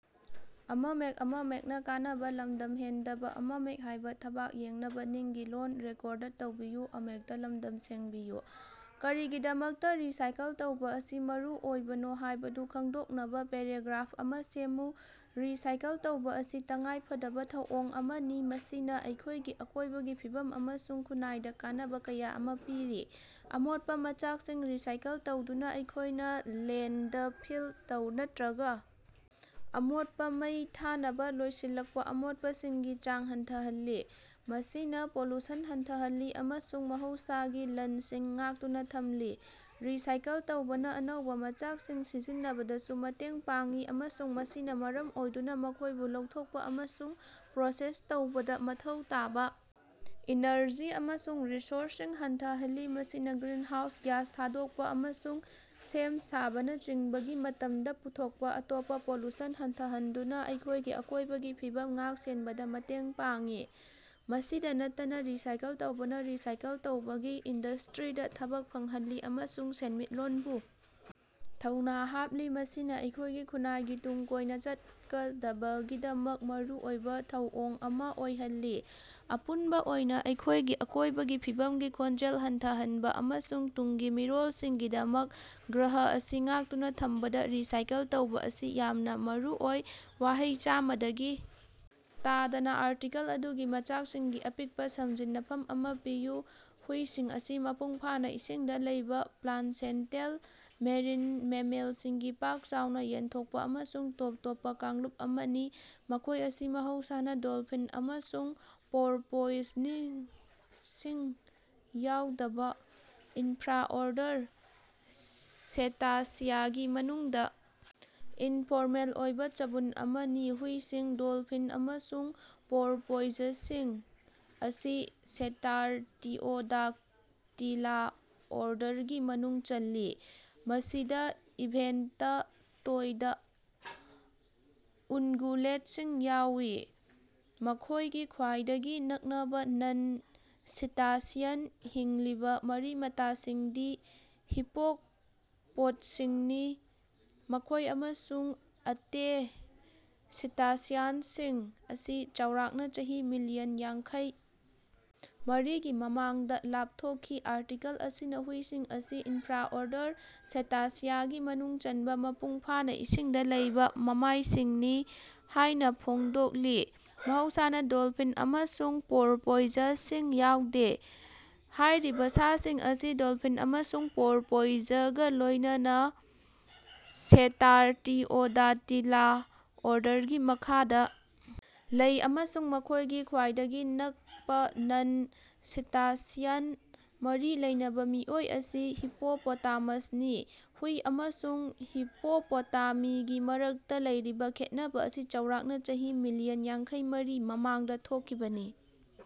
ꯀꯔꯤꯒꯤꯗꯃꯛꯇꯥ ꯔꯤꯁꯥꯏꯀꯜ ꯇꯧꯕꯥ ꯑꯁꯤ ꯃꯔꯨꯑꯣꯏꯕꯅꯣ ꯍꯥꯢꯕꯗꯨ ꯈꯪꯗꯣꯛꯅꯕ ꯄꯦꯔꯥꯒ꯭ꯔꯥꯐ ꯑꯃ ꯁꯦꯝꯃꯨ꯫ ꯔꯤꯁꯥꯏꯀꯜ ꯇꯧꯕꯥ ꯑꯁꯤ ꯇꯉꯥꯏꯐꯗꯕ ꯊꯧꯑꯣꯡ ꯑꯃꯅꯤ ꯃꯁꯤꯅ ꯑꯩꯈꯣꯢꯒꯤ ꯑꯀꯣꯢꯕꯒꯤ ꯐꯤꯕꯝ ꯑꯃꯁꯨꯡ ꯈꯨꯟꯅꯥꯏꯗ ꯀꯥꯟꯅꯕ ꯀꯌꯥ ꯑꯃ ꯄꯤꯔꯤ꯫ ꯑꯃꯣꯠꯄ ꯃꯆꯥꯛꯁꯤꯡ ꯔꯤꯁꯥꯏꯀꯜ ꯇꯧꯗꯨꯅ ꯑꯩꯈꯣꯢꯅ ꯂꯦꯟꯗꯐꯤꯜ ꯇꯧ ꯅꯠꯇ꯭ꯔꯒ ꯑꯃꯣꯠꯄ ꯃꯩ ꯊꯥꯅꯕ ꯂꯣꯏꯁꯤꯜꯂꯛꯄ ꯑꯃꯣꯠꯄꯁꯤꯡꯒꯤ ꯆꯥꯡ ꯍꯟꯊꯍꯜꯂꯤ ꯃꯁꯤꯅ ꯄꯣꯂꯨꯁꯟ ꯍꯟꯊꯍꯜꯂꯤ ꯑꯃꯁꯨꯡ ꯃꯍꯧꯁꯥꯒꯤ ꯂꯟꯁꯤꯡ ꯉꯥꯛꯇꯨꯅ ꯊꯝꯂꯤ꯫ ꯔꯤꯁꯥꯏꯀꯜ ꯇꯧꯕꯅ ꯑꯅꯧꯕ ꯃꯆꯥꯛꯁꯤꯡ ꯁꯤꯖꯤꯟꯅꯕꯗꯁꯨ ꯃꯇꯦꯡ ꯄꯥꯡꯏ ꯑꯃꯁꯨꯡ ꯃꯁꯤꯅ ꯃꯔꯝ ꯑꯣꯏꯗꯨꯅ ꯃꯈꯣꯢꯕꯨ ꯂꯧꯊꯣꯛꯄ ꯑꯃꯁꯨꯡ ꯄ꯭ꯔꯣꯁꯦꯁ ꯇꯧꯕꯗ ꯃꯊꯧ ꯇꯥꯕ ꯏꯅꯔꯖꯤ ꯑꯃꯁꯨꯡ ꯔꯤꯁꯣꯔꯁꯁꯤꯡ ꯍꯟꯊꯍꯜꯂꯤ꯫ ꯃꯁꯤꯅ ꯒ꯭ꯔꯤꯟꯍꯥꯎꯁ ꯒ꯭ꯌꯥꯁ ꯊꯥꯗꯣꯛꯄ ꯑꯃꯁꯨꯡ ꯁꯦꯝ ꯁꯥꯕꯅꯆꯤꯡꯕꯒꯤ ꯃꯇꯝꯗ ꯄꯨꯊꯣꯛꯄ ꯑꯇꯣꯞꯄ ꯄꯣꯂꯨꯁꯟ ꯍꯟꯊꯍꯟꯗꯨꯅ ꯑꯩꯈꯣꯢꯒꯤ ꯑꯀꯣꯢꯕꯒꯤ ꯐꯤꯕꯝ ꯉꯥꯛ-ꯁꯦꯟꯕꯗ ꯃꯇꯦꯡ ꯄꯥꯡꯏ꯫ ꯃꯁꯤꯗ ꯅꯠꯇꯅ ꯔꯤꯁꯥꯏꯀꯜ ꯇꯧꯕꯅ ꯔꯤꯁꯥꯏꯀꯜ ꯇꯧꯕꯒꯤ ꯏꯟꯗꯁꯇ꯭ꯔꯤꯗ ꯊꯕꯛ ꯐꯪꯍꯜꯂꯤ ꯑꯃꯁꯨꯡ ꯁꯦꯟꯃꯤꯠꯂꯣꯟꯕꯨ ꯊꯧꯅꯥ ꯍꯥꯞꯂꯤ ꯃꯁꯤꯅ ꯑꯩꯈꯣꯢꯒꯤ ꯈꯨꯟꯅꯥꯏꯒꯤ ꯇꯨꯡ ꯀꯣꯏꯅ ꯆꯠꯀꯗꯕꯒꯤꯗꯃꯛ ꯃꯔꯨꯑꯣꯏꯕ ꯊꯧꯑꯣꯡ ꯑꯃ ꯑꯣꯏꯍꯜꯂꯤ꯫ ꯑꯄꯨꯟꯕ ꯑꯣꯏꯅ ꯑꯩꯈꯣꯢꯒꯤ ꯑꯀꯣꯢꯕꯒꯤ ꯐꯤꯕꯝꯒꯤ ꯈꯣꯡꯖꯦꯜ ꯍꯟꯊꯍꯟꯕ ꯑꯃꯁꯨꯡ ꯇꯨꯡꯒꯤ ꯃꯤꯔꯣꯜꯁꯤꯡꯒꯤꯗꯃꯛ ꯒ꯭ꯔꯍ ꯑꯁꯤ ꯉꯥꯛꯇꯨꯅ ꯊꯝꯕꯗ ꯔꯤꯁꯥꯏꯀꯜ ꯇꯧꯕ ꯑꯁꯤ ꯌꯥꯝꯅ ꯃꯔꯨꯑꯣꯏ꯫ ꯋꯥꯍꯩ ꯆꯥꯝꯃꯗꯒꯤ ꯇꯥꯗꯅ ꯑꯥꯔꯇꯤꯀꯜ ꯑꯗꯨꯒꯤ ꯃꯆꯥꯛꯁꯤꯡꯒꯤ ꯑꯄꯤꯛꯄ ꯁꯝꯖꯤꯟꯅꯐꯝ ꯑꯃ ꯄꯤꯌꯨ꯫ ꯍꯨꯏꯁꯤꯡ ꯑꯁꯤ ꯃꯄꯨꯡꯐꯥꯅ ꯏꯁꯤꯡꯗ ꯂꯩꯕ ꯄ꯭ꯂꯥꯁꯦꯟꯇꯦꯜ ꯃꯦꯔꯤꯟ ꯃꯦꯃꯦꯜꯁꯤꯡꯒꯤ ꯄꯥꯛ-ꯆꯥꯎꯅ ꯌꯦꯟꯊꯣꯛꯄ ꯑꯃꯁꯨꯡ ꯇꯣꯞ ꯇꯣꯞꯄ ꯀꯥꯡꯂꯨꯞ ꯑꯃꯅꯤ꯫ ꯃꯈꯣꯢ ꯑꯁꯤ ꯃꯍꯧꯁꯥꯅ ꯗꯣꯜꯐꯤꯟ ꯑꯃꯁꯨꯡ ꯄꯣꯔꯄꯣꯏꯅꯤꯡꯁꯤꯡ ꯌꯥꯎꯗꯕ ꯏꯟꯐ꯭ꯔꯥꯑꯣꯔꯗꯔ ꯁꯦꯇꯥꯁꯤꯌꯥꯒꯤ ꯃꯅꯨꯡꯗ ꯏꯟꯐꯣꯔꯃꯦꯜ ꯑꯣꯏꯕ ꯆꯕꯨꯟ ꯑꯃꯅꯤ꯫ ꯍꯨꯏꯁꯤꯡ, ꯗꯣꯜꯐꯤꯟ ꯑꯃꯁꯨꯡ ꯄꯣꯔꯄꯣꯏꯖꯁꯤꯡ ꯑꯁꯤ ꯁꯦꯇꯥꯔꯇꯤꯑꯣꯗꯥꯛꯇꯤꯂꯥ ꯑꯣꯔꯗꯔꯒꯤ ꯃꯅꯨꯡ ꯆꯜꯂꯤ ꯃꯁꯤꯗ ꯏꯚꯦꯟꯇ-ꯇꯣꯏꯗ ꯎꯟꯒꯨꯂꯦꯠꯁꯤꯡ ꯌꯥꯎꯏ꯫ ꯃꯈꯣꯢꯒꯤ ꯈ꯭ꯋꯥꯏꯗꯒꯤ ꯅꯛꯅꯕ ꯅꯟ-ꯁꯤꯇꯥꯁꯤꯌꯟ ꯍꯤꯡꯂꯤꯕ ꯃꯔꯤ-ꯃꯇꯥꯁꯤꯡꯗꯤ ꯍꯤꯄꯣꯛꯄꯣꯠꯁꯤꯡꯅꯤ ꯃꯈꯣꯢ ꯑꯃꯁꯨꯡ ꯑꯇꯦ ꯁꯤꯇꯥꯁꯤꯌꯟꯁꯤꯡ ꯑꯁꯤ ꯆꯥꯎꯔꯥꯛꯅ ꯆꯍꯤ ꯃꯤꯂꯤꯌꯟ ꯌꯥꯡꯈꯩ ꯃꯔꯤꯒꯤ ꯃꯃꯥꯡꯗ ꯂꯥꯞꯊꯣꯛꯈꯤ꯫ ꯑꯥꯔꯇꯤꯀꯜ ꯑꯁꯤꯅ ꯍꯨꯏꯁꯤꯡ ꯑꯁꯤ ꯏꯟꯐ꯭ꯔꯥꯑꯣꯔꯗꯔ ꯁꯦꯇꯥꯁꯤꯌꯥꯒꯤ ꯃꯅꯨꯡ ꯆꯟꯕ ꯃꯄꯨꯡ ꯐꯥꯅ ꯏꯁꯤꯡꯗ ꯂꯩꯕ ꯃꯃꯥꯢꯁꯤꯡꯅꯤ ꯍꯥꯢꯅ ꯐꯣꯡꯗꯣꯛꯂꯤ ꯃꯍꯧꯁꯥꯅ ꯗꯣꯜꯐꯤꯟ ꯑꯃꯁꯨꯡ ꯄꯣꯔꯄꯣꯏꯖꯁꯤꯡ ꯌꯥꯎꯗꯦ꯫ ꯍꯥꯢꯔꯤꯕ ꯁꯥꯁꯤꯡ ꯑꯁꯤ ꯗꯣꯜꯐꯤꯟ ꯑꯃꯁꯨꯡ ꯄꯣꯔꯄꯣꯏꯖꯒ ꯂꯣꯢꯅꯅꯥ ꯁꯦꯇꯥꯔꯇꯤꯑꯣꯗꯥꯛꯇꯤꯂꯥ ꯑꯣꯔꯗꯔꯒꯤ ꯃꯈꯥꯗ ꯂꯩ ꯑꯃꯁꯨꯡ ꯃꯈꯣꯢꯒꯤ ꯈ꯭ꯋꯥꯏꯗꯒꯤ ꯅꯛꯄꯥ ꯅꯟ-ꯁꯤꯇꯥꯁꯤꯌꯟ ꯃꯔꯤ ꯂꯩꯅꯕ ꯃꯤꯑꯣꯏ ꯑꯁꯤ ꯍꯤꯄꯣꯄꯣꯇꯥꯃꯁꯅꯤ꯫ ꯍꯨꯏ ꯑꯃꯁꯨꯡ ꯍꯤꯄꯣꯄꯣꯇꯥꯃꯤꯒꯤ ꯃꯔꯛꯇ ꯂꯩꯔꯤꯕ ꯈꯦꯠꯅꯕ ꯑꯁꯤ ꯆꯥꯎꯔꯥꯛꯅ ꯆꯍꯤ ꯃꯤꯂꯤꯌꯟ ꯌꯥꯡꯈꯩꯃꯔꯤ ꯃꯃꯥꯡꯗ ꯊꯣꯛꯈꯤꯕꯅꯤ꯫